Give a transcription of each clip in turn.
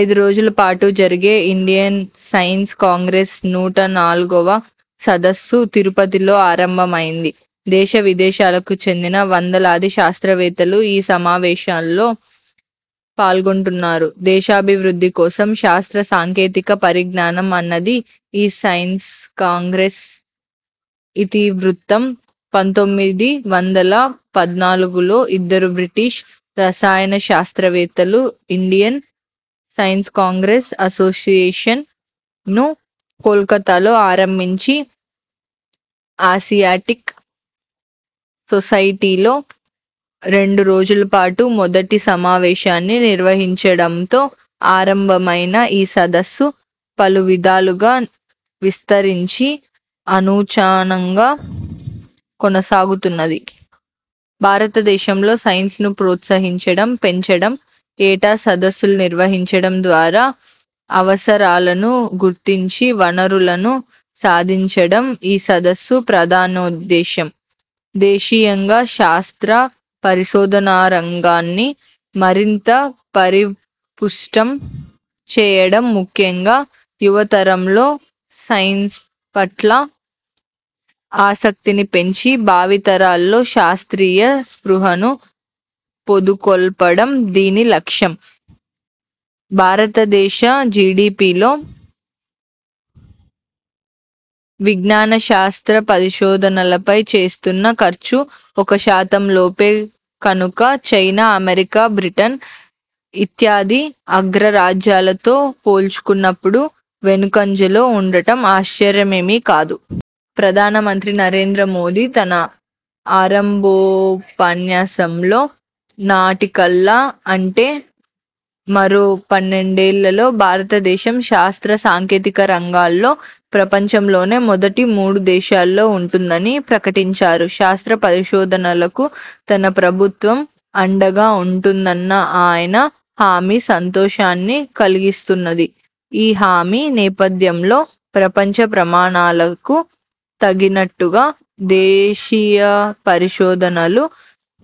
ఐదురోజుల పాటు జరిగే Indian science Congress నూట నాలుగువ సదస్సు తిరుపతిలో ఆరంభమైంది. దేశవిదేశాలకు చెందిన వందలాది శాస్త్రవేత్తలు ఈ సమావేశాల్లో పాల్గొంటున్నారు. 'దేశాభివృద్ధి కోసం శాస్త్ర సాంకేతిక పరిజ్ఞానం' అన్నది ఈ సైన్స్కాంగ్రెస్ ఇతి వృత్తం. పంతొమ్మిది వందల పద్నాలుగులో ఇద్దరు బ్రిటిష్ రసాయనశాస్త్రవేత్తలు ఇండియన్ సైన్స్కాంగ్రెస్ అసోసియేషన్ను కోల్కతాలో ఆరంభించి, ఆసియాటిక్ సొసైటీలో రెండురోజులపాటు మొదటి సమావేశాన్ని నిర్వహించడంతో ఆరంభమైన ఈసదస్సు పలువిధాలుగా విస్తరించి అనూచానంగా కొనసాగుతున్నది. భారతదేశంలో సైన్స్ను ప్రోత్సహించడం, పెంచడం, ఏటా సదస్సులు నిర్వహించడం ద్వారా అవసరాలను గుర్తించి వనరులను సాధించడం ఈ సదస్సు ప్రధానోద్దేశం. దేశీయంగా శాస్త్ర, పరిశోధనారంగాన్ని మరింత పరిపుష్టం చేయడం, ముఖ్యంగా యువతరంలో సైన్స్పట్ల ఆసక్తిని పెంచి, భావితరాల్లో శాస్త్రీయ స్పృహను పొదుకొల్పడం దీని లక్ష్యం. భారతదేశ జీడీపీలో విజ్ఞానశాస్త్ర పరిశోధనలపై చేస్తున్న ఖర్చు ఒకశాతంలోపే కనుక, చైనా, అమెరికా, బ్రిటన్ ఇత్యాది అగ్రరాజ్యాలతో పోల్చుకున్నప్పుడు వెనుకంజలో ఉండటం ఆశ్చర్యమేమీ కాదు. ప్రధానమంత్రి నరేంద్రమోదీ తన ఆరంభోపన్యాసంలో నాటికల్లా అంటే మరో పన్నెండేళ్ళలో భారతదేశం శాస్త్ర సాంకేతికరంగాల్లో ప్రపంచంలోనే మొదటి మూడుదేశాల్లో ఉంటుందని ప్రకటించారు. శాస్త్ర పరిశోధనలకు తన ప్రభుత్వం అండగా ఉంటుందన్న ఆయన హామీ సంతోషాన్ని కలిగిస్తున్నది. ఈ హామీ నేపథ్యంలో, ప్రపంచ ప్రమాణాలకు తగినట్టుగా దేశీయపరిశోధనలు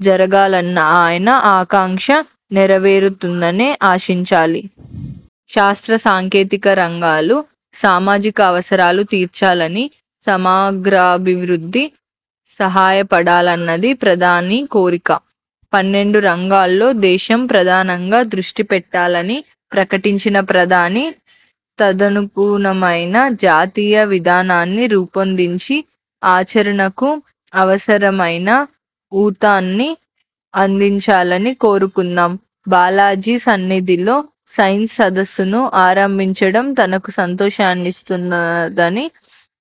జరగాలన్న ఆయన ఆకాంక్ష నెరవేరుతుందనే ఆశించాలి. శాస్త్ర సాంకేతిక రంగాలు సామాజిక అవసరాలు తీర్చాలనీ, సమగ్రాభివృద్ధికి సహాయపడాలన్నది ప్రధాని కోరిక. పన్నెండు రంగాల్లో దేశం ప్రధానంగా దృష్టిపెట్టాలని ప్రకటించిన ప్రధాని తదనుగుణమైన జాతీయ విధానాన్ని రూపొందించి ఆచరణకు అవసరమైన ఊతాన్ని అందించాలని కోరుకుందాం. బాలాజీ సన్నిధిలో సైన్స్ సదస్సును ఆరంభించడం తనకు సంతోషాన్నిస్తున్నదని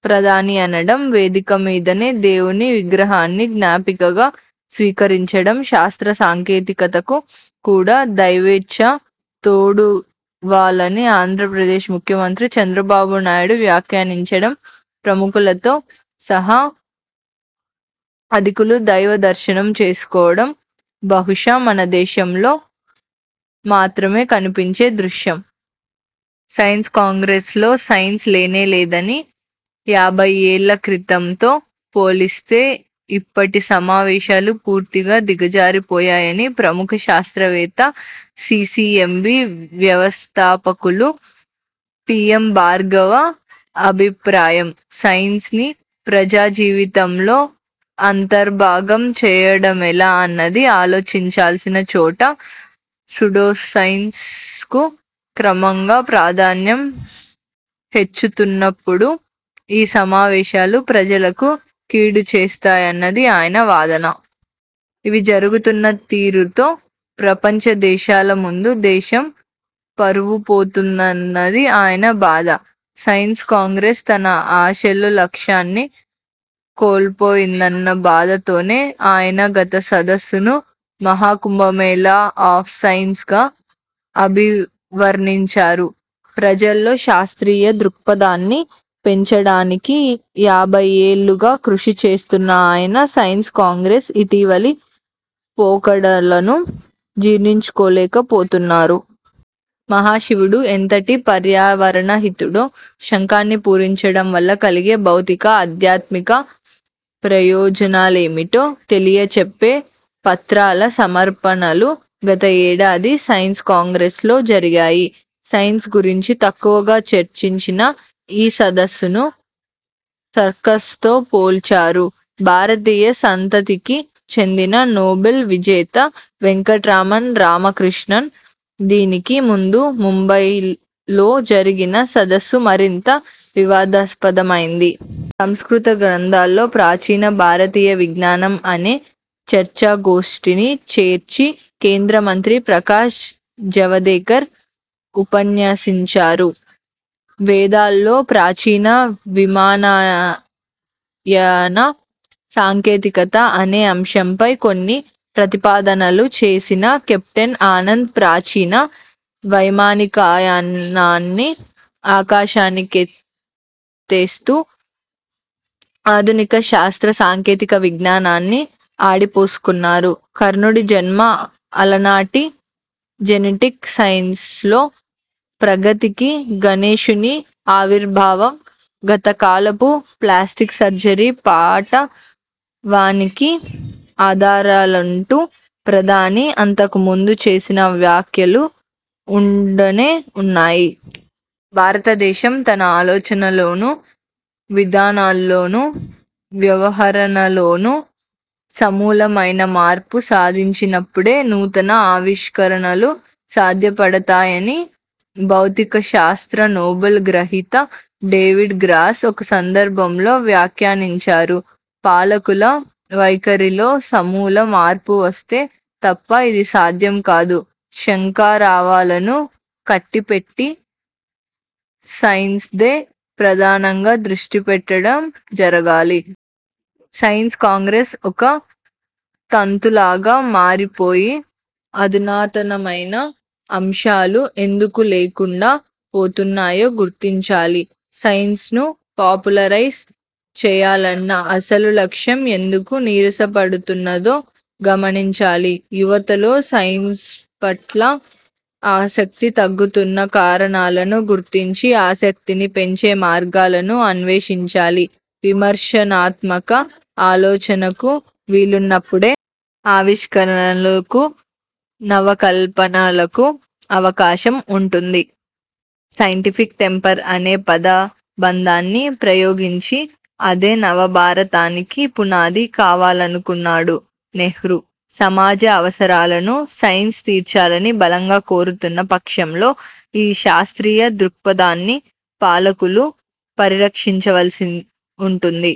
ప్రధాని అనడం, వేదికమీదనే దేవుని విగ్రహాన్ని జ్ఞాపికగా స్వీకరించడం, శాస్త్ర సాంకేతికతకు కూడా దైవేచ్ఛ తోడువాలని ఆంధ్రప్రదేశ్ ముఖ్యమంత్రి చంద్రబాబు నాయుడు వ్యాఖ్యానించడం, ప్రముఖులతో సహా అధికులు దైవ దర్శనం చేసుకోవడం బహుశా మనదేశంలో మాత్రమే కనిపించే దృశ్యం. సైన్స్కాంగ్రెస్లో సైన్స్ లేనేలేదనీ, యాభైయ్యేళ్ళ క్రితంతో పోలిస్తే ఇప్పటి సమావేశాలు పూర్తిగా దిగజారిపోయాయని ప్రముఖ శాస్త్రవేత్త, సీసీఎంబీ వ్యవస్థాపకులు పీఎం భార్గవ అభిప్రాయం. సైన్స్ని ప్రజాజీవితంలో అంతర్భాగం చేయడమెలా అన్నది ఆలోచించాల్సిన చోట, సూడోసైన్స్కు క్రమంగా ప్రాధాన్యం హెచ్చుతున్నప్పుడు ఈ సమావేశాలు ప్రజలకు కీడుచేస్తాయన్నది ఆయన వాదన. ఇవి జరుగుతున్న తీరుతో ప్రపంచదేశాల ముందు దేశం పరువుపోతున్నదని ఆయన బాధ. సైన్స్కాంగ్రెస్ తన అశల లక్ష్యాన్ని కోల్పోయిందన్న బాధతోనే ఆయన గత సదస్సును 'మహాకుంభమేళా ఆఫ్ సైన్స్' గా అభివర్ణించారు. ప్రజల్లో శాస్త్రీయ దృక్పథాన్ని పెంచడానికి యాభైయ్యేళ్ళుగా కృషి చేస్తున్న ఆయన, సైన్స్కాంగ్రెస్ ఇటీవలి పోకడలను జీర్ణించుకోలేకపోతున్నారు. మహాశివుడు ఎంతటి పర్యావరణ హితుడో, శంఖాన్ని పూరించడంవల్ల కలిగే భౌతిక, ఆధ్యాత్మిక ప్రయోజనాలేమిటో తెలియచెప్పే పత్రాల సమర్పణలు గత ఏడాది సైన్స్కాంగ్రెస్లో జరిగాయి. సైన్స్ గురించి తక్కువగా చర్చించిన ఈ సదస్సును సర్కస్తో పోల్చారు భారతీయ సంతతికి చెందిన నోబెల్ విజేత వెంకట్రామన్ రామకృష్ణన్. దినికి ముందు ముంబైలోజరిగిన సదస్సు మరింత వివాదాస్పదమైంది. సంస్కృత గ్రంథాల్లో ప్రాచీన భారతీయ విజ్ఞానం అనే చర్చాగోష్ఠిని చేర్చి కేంద్రమంత్రి ప్రకాష్ జవదేకర్ ఉపన్యసించారు. 'వేదాల్లో ప్రాచీన విమాన యాన సాంకేతికత' అనే అంశంపై కొన్ని ప్రతిపాదనలు చేసిన కెప్టెన్ ఆనంద్ ప్రాచీన వైమానికయానాన్ని ఆకాశానికెత్తేస్తూ ఆధునిక శాస్త్ర సాంకేతిక విజ్ఞానాన్ని ఆడిపోసుకున్నారు. కర్ణుడి జన్మ అలనాటి జెనెటిక్ సైన్సులో ప్రగతికీ, గణేషుడి ఆవిర్భావం గతకాలపు ప్లాస్టిక్ సర్జరీ పాటవానికీ ఆధారాలంటూ ప్రధాని అంతకుముందు చేసిన వ్యాఖ్యలు ఉండనే ఉన్నాయి. భారతదేశం తన ఆలోచనలోనూ, విధానాల్లోనూ, వ్యవహరణలోనూ సమూలమైన మార్పు సాధించినప్పుడే నూతన ఆవిష్కరణలు సాధ్యపడతాయని భౌతికశాస్త్ర నోబెల్ గ్రహీత డేవిడ్ గ్రాస్ ఒక సందర్భంలో వ్యాఖ్యానించారు. పాలకుల వైఖరిలో సమూల మార్పు వస్తే తప్ప ఇది సాధ్యం కాదు. శంఖారావాలను కట్టిపెట్టి సైన్స్మీదే ప్రధానంగా దృష్టిపెట్టడం జరగాలి. సైన్స్ కాంగ్రెస్ ఒక తంతులాగా మారిపోయి, ఆధునాతనమైన అంశాలు ఎందుకు లేకుండా పోతున్నాయో గుర్తించాలి. సైన్స్ను పాపులరైజ్ చేయాలన్న అసలు లక్ష్యం ఎందుకు నీరసపడుతున్నదో గమనించాలి. యువతలో సైన్స్పట్ల ఆసక్తి తగ్గుతున్న కారణాలను గుర్తించి, ఆసక్తిని పెంచే మార్గాలను అన్వేషించాలి. విమర్శనాత్మక ఆలోచనకు వీలున్నప్పుడే ఆవిష్కరణలకూ నవకల్పనలకూ అవకాశం ఉంటుంది. సైంటిఫిక్ టెంపర్ అనే పదబంధాన్ని ప్రయోగించి అదే నవభారతానికి పునాది కావాలనుకున్నాడు నెహ్రూ. సమాజ అవసరాలను సైన్స్ తీర్చాలని బలంగా కోరుతున్న పక్షంలో ఈ శాస్త్రీయ దృక్పథాన్ని పాలకులు పరిరక్షించవలసి ఉంటుంది.